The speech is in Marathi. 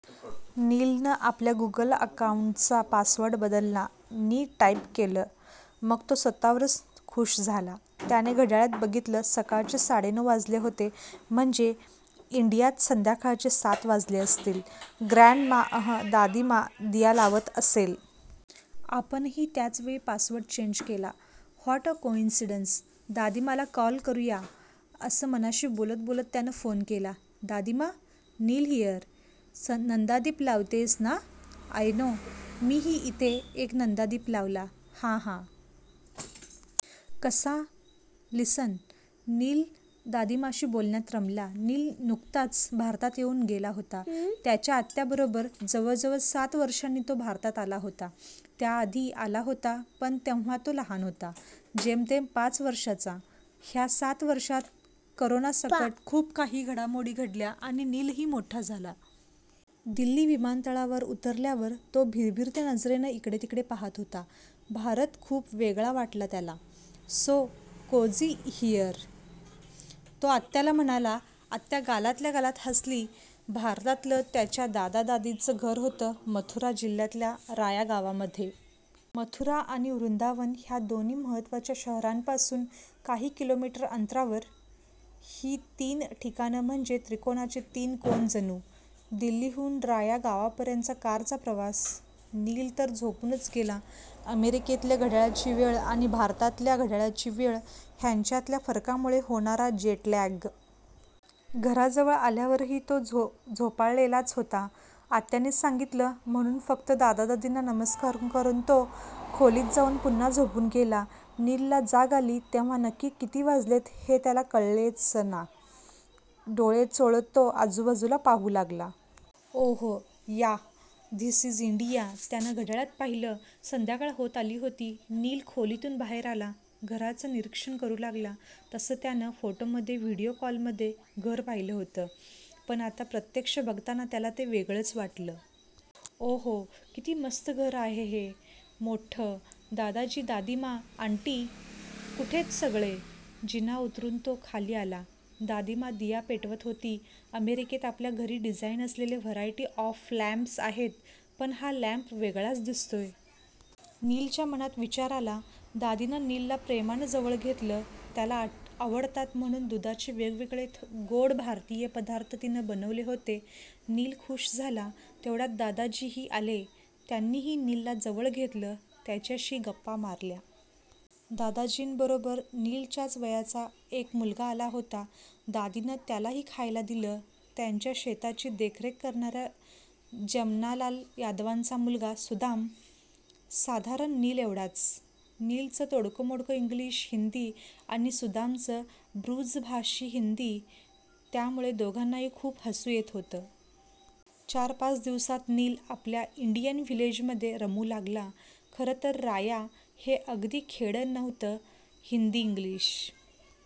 नीलनं आपल्या गूगल अकाउन्टचा पासवर्ड बदलला नि टाइप केलं. मग तो स्वतःवरच खूश झाला. त्याने घड्याळात बघितलं, सकाळचे साडेनऊ वाजले होते. 'म्हणजे इंडियात संध्याकाळचे सात वाजले असतील. ग्रँडमा... अहं... दादीमा दिया लावत असेल. आपणही त्याचवेळी पासवर्ड चेंज केला. What a coincidence! दादीमाला कॉल करू या.' असं मनाशी बोलत बोलत त्यानं फोन केला. "दादीमाऽऽ... नील हियर. नंदादीप लावतेयस ना? I know. मीही इथे एक नंदादीप लावला. हा हा... कसा? लिसन..." नील दादीमाशी बोलण्यात रमला. नील नुकताच भारतात येऊन गेला होता. त्याच्या आत्याबरोबर. जवळजवळ सात वर्षांनी तो भारतात आला होता. त्याआधी आला होता, पण तेव्हा तो लहान होता. जेमतेम पाच वर्षांचा. ह्या सात वर्षांत करोनासकट खूप काही घडामोडी घडल्या आणि नीलही मोठा झाला. दिल्ली विमानतळावर उतरल्यावर तो भिरभिरत्या नजरेनं इकडेतिकडे पाहात होता. भारत खूप वेगळा वाटला त्याला. "So cozy here." तो आत्याला म्हणाला. आत्या गालातल्या गालात हसली. भारतातलं त्याच्या दादा-दादीचं घर होतं मथुरा जिल्ह्यातल्या राया गावामध्ये. मथुरा आणि वृंदावन ह्या दोन्ही महत्त्वाच्या शहरांपासून काही किलोमीटर अंतरावर. ही तीन ठिकाणं म्हणजे त्रिकोणाचे तीन कोन जणू. दिल्लीहून राया गावापर्यंतचा कारचा प्रवास. नील तर झोपूनच गेला. अमेरिकेतल्या घड्याळाची वेळ आणि भारतातल्या घड्याळाची वेळ, ह्यांच्यातल्या फरकामुळे होणारा जेटलॅग. घराजवळ आल्यावरही तो झोपाळलेलाच होता. आत्याने सांगितलं, म्हणून फक्त दादा-दादींना नमस्कार करून तो खोलीत जाऊन पुन्हा झोपून गेला. नीलला जाग आली तेव्हा नक्की किती वाजलेत, हे त्याला कळेचना. डोळे चोळत तो आजूबाजूला पाहू लागला. 'Oh yeah... this is India.' त्यानं घड्याळात पाहिलं. संध्याकाळ होत आली होती. नील खोलीतून बाहेर आला. घराचं निरीक्षण करू लागला. तसं त्यानं फोटोमध्ये, व्हिडिओ कॉलमध्ये घर पाहिलं होतं. पण आता प्रत्यक्ष बघताना त्याला ते वेगळंच वाटलं. 'ओहो... किती मस्त घर आहे हे. मोठ्ठं. दादाजी, दादीमा, आन्टी? कुठेत सगळे?' जिना उतरून तो खाली आला. दादीमा दिया पेटवत होती. 'अमेरिकेत आपल्या घरी डिझाइन असलेले व्हरायटी ऑफ लॅम्प्स आहेत, पण हा लॅम्प वेगळाच दिसतोय.' नीलच्या मनात विचार आला. दादीनं नीलला प्रेमानं जवळ घेतलं. त्याला आवडतात म्हणून दुधाचे वेगवेगळे गोड भारतीय पदार्थ तिनं बनवले होते. नील खूश झाला. तेवढ्यात दादाजीही आले. त्यांनीही नीलला जवळ घेतलं. त्याच्याशी गप्पा मारल्या. दादाजींबरोबर नीलच्याच वयाचा एक मुलगा आला होता. दादीनं त्यालाही खायला दिलं. त्यांच्या शेताची देखरेख करणाऱ्या जमनालाल यादवांचा मुलगा सुदाम. साधारण नीलएवढाच. नीलचं तोडकंमोडकं इंग्लिश-हिन्दी आणि सुदामचं बृजभाषी हिन्दी, त्यामुळे दोघांनाही खूप हसू येत होतं. चार-पाच दिवसांत नील आपल्या इंडियन व्हिलेजमध्ये रमू लागला. खरंतर राया हे अगदी खेडं नव्हतं. हिन्दी-इंग्लिश...